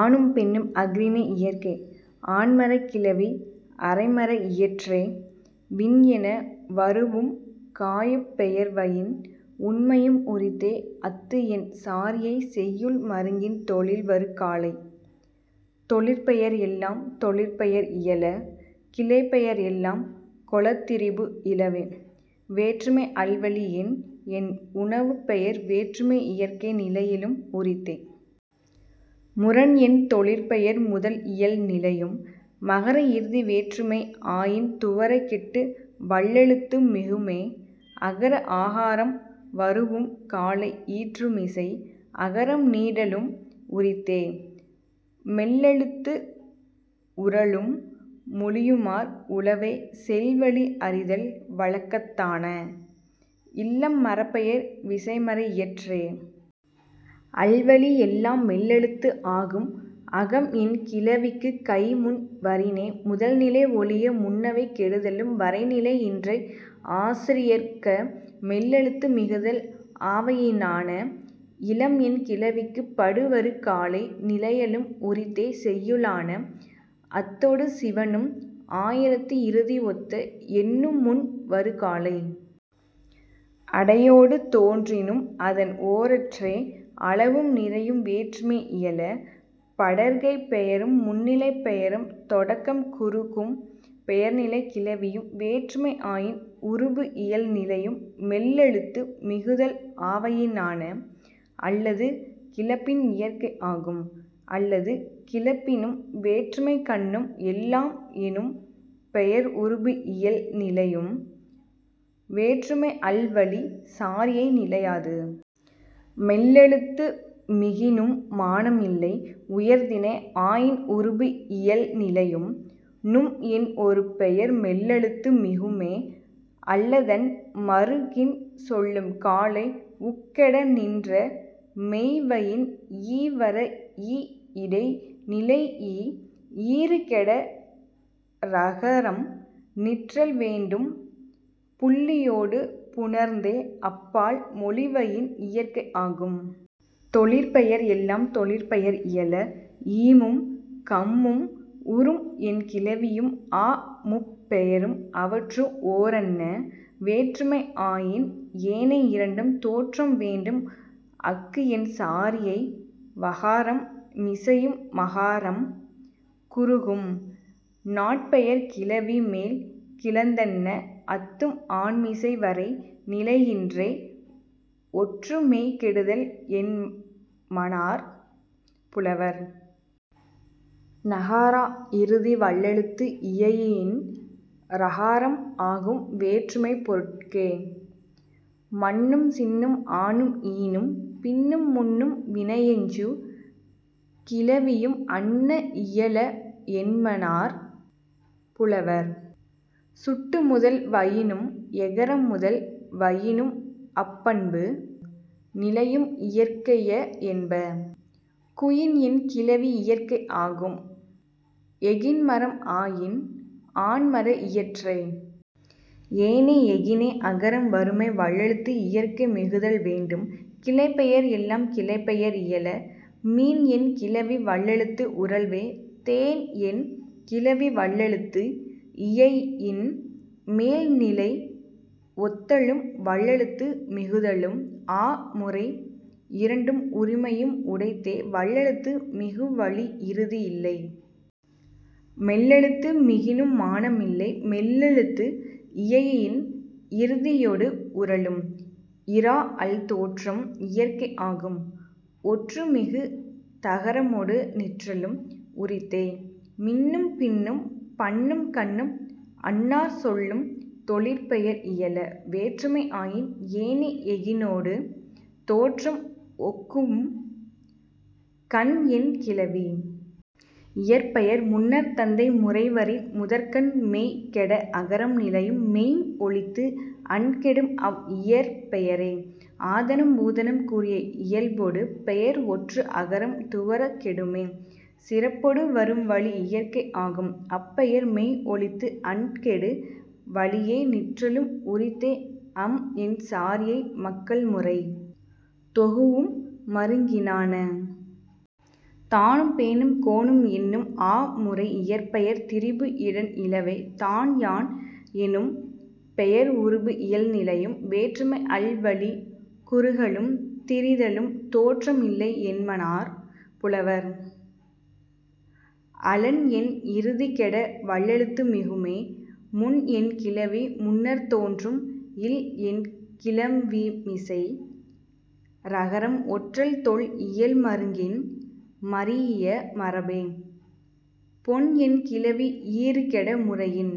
ஆணும் பெண்ணும் அஃறிணை இயற்கை. ஆண்மரக் கிளவி அரைமர இயற்றே. விண் என வரூஉம் காயப் பெயர்வயின் உண்மையும் உரித்தே அத்து என் சாரியை செய்யுள் மருங்கின் தொழில் வரு காலை. தொழிற்பெயர் எல்லாம் தொழிற்பெயர் இயல. கிளைப்பெயர் எல்லாம் கொளத் திரிபு இலவே. வேற்றுமை அல்வழி எண் என் உணவுப் பெயர் வேற்றுமை இயற்கை நிலையலும் உரித்தே. முரண் என் தொழிற்பெயர் முதல் இயல் நிலையும். மகர இறுதி வேற்றுமை ஆயின் துவரக் கெட்டு வல்லெழுத்து மிகுமே. அகர ஆகாரம் வரூஉம் காலை ஈற்றுமிசை அகரம் நீடலும் உரித்தே. மெல்லெழுத்து உறழும் மொழியுமார் உளவே செல் வழி அறிதல் வழக்கத்தான. இல்லம் மரப்பெயர் விசைமர இயற்றே. அல்வழி எல்லாம் மெல்லெழுத்து ஆகும். அகம் என் கிளவிக்குக் கை முன் வரினே முதல்நிலை ஒழிய முன்னவை கெடுதலும் வரை நிலை இன்றே ஆசிரியர்க்க மெல்லெழுத்து மிகுதல் ஆவயினான. இலம் என் கிளவிக்குப் படு வரு காலை நிலையலும் உரித்தே செய்யுளான. அத்தொடு சிவணும் ஆயிரத்து இறுதி ஒத்த எண்ணு முன் வரு காலை. அடையொடு தோன்றினும் அதன் ஓரற்றே அளவும் நிறையும் வேற்றுமை இயல. படர்க்கைப் பெயரும் முன்னிலைப் பெயரும் தொடக்கம் குறுகும் பெயர்நிலைக் கிளவியும் வேற்றுமை ஆயின் உருபு இயல் நிலையும் மெல்லெழுத்து மிகுதல் ஆவயினான. அல்லது கிளப்பின் இயற்கை ஆகும். அல்லது கிளப்பினும் வேற்றுமைக்கண்ணும் எல்லாம் எனும் பெயர் உருபு இயல் நிலையும் வேற்றுமை அல் வழிச் சாரியை நிலையாது. மெல்லெழுத்து மிகினும் மானம் இல்லை. உயர்திணை ஆயின் உருபு இயல் நிலையும். நும் என் ஒரு பெயர் மெல்லெழுத்து மிகுமே. அல்லதன் மருங்கின் சொல்லும் காலை உக் கெட நின்ற மெய்வயின் ஈ வர இ இடை நிலைஇ ஈறு கெட ரகரம் நிற்றல் வேண்டும் புள்ளியொடு புணர்ந்தே அப் பால் மொழிவயின் இயற்கை ஆகும். தொழிற்பெயர் எல்லாம் தொழிற்பெயர் இயல. ஈமும் கம்மும் உரும் என் கிளவியும் ஆ முப் பெயரும் அவற்று ஓரன்ன. வேற்றுமை ஆயின் ஏனை இரண்டும் தோற்றம் வேண்டும் அக்கு என் சாரியை வகாரம் மிசையும் மகாரம் குறுகும். நாட்பெயர்க் கிளவி மேல் கிளந்தன்ன அத்தும் ஆன்மிசை வரை நிலை இன்றே ஒற்று மெய் கெடுதல் என்மனார் புலவர். னகார இறுதி வல்லெழுத்து இயையின் றகாரம் ஆகும் வேற்றுமைப் பொருட்கே. மன்னும் சின்னும் ஆனும் ஈனும் பின்னும் முன்னும் வினையெஞ்சு கிளவியும் அன்ன இயல என்மனார் புலவர். சுட்டு முதல் வயினும் எகரம் முதல் வயினும் அப் பண்பு நிலையும் இயற்கைய என்ப. குயின் என் கிளவி இயற்கை ஆகும் எகின் மரம் ஆயின் ஆண்மர இயற்றே. ஏனை எகினே அகரம் வருமே வல்லெழுத்து இயற்கை மிகுதல் வேண்டும். கிளைப்பெயர் எல்லாம் கிளைப்பெயர் இயல. மீன் என் கிளவி வல்லெழுத்து உறழ்வே தேன் என் கிளவி வல்லெழுத்து இயையின் மேல் நிலை ஒத்தலும் வல்லெழுத்து மிகுதலும் ஆ முறை இரண்டும் உரிமையும் உடைத்தே வல்லெழுத்து மிகு வழி இறுதி இல்லை. மெல்லெழுத்து மிகினும் மானம் இல்லை. மெல்லெழுத்து இயையின் இறுதியொடு உறழும். இறாஅல் தோற்றம் இயற்கை ஆகும். ஒற்று மிகு தகரமொடு நிற்றலும் உரித்தே. மின்னும் பின்னும் பன்னும் கன்னும் அந் நாற் சொல்லும் தொழிற்பெயர் இயல. வேற்றுமை ஆயின் ஏனை எகினொடு தோற்றம் ஒக்கும் கன் என் கிளவி. இயற்பெயர் முன்னர்த் தந்தை முறை வரின் முதற்கண் மெய் கெட அகரம் நிலையும் மெய் ஒழித்து அன் கெடும் அவ் இயற்பெயரே. ஆதனும் பூதனும் கூறிய இயல்பொடு பெயர் ஒற்று அகரம் துவரக் கெடுமே. சிறப்பொடு வரு வழி இயற்கை ஆகும். அப் பெயர் மெய் ஒழித்து அன் கெடு வழியே நிற்றலும் உரித்தே அம் என் சாரியை மக்கள் முறை தொகூஉம் மருங்கினான. தானும் பேனும் கோனும் என்னும் ஆ முறை இயற்பெயர் திரிபு இடன் இலவே. தான் யான் எனும் பெயர் உருபு இயல் நிலையும். வேற்றுமை அல் வழிக் குறுகலும் திரிதலும் தோற்றம் இல்லை என்மனார் புலவர். அழன் என் இறுதி கெட வல்லெழுத்து மிகுமே. முன் என் கிளவி முன்னர்த் தோன்றும் இல் என் கிளவிமிசை றகரம் ஒற்றல் தொல் இயல் மருங்கின் மரீஇய மரபே. பொன் என் கிளவி ஈறு கெட முறையின்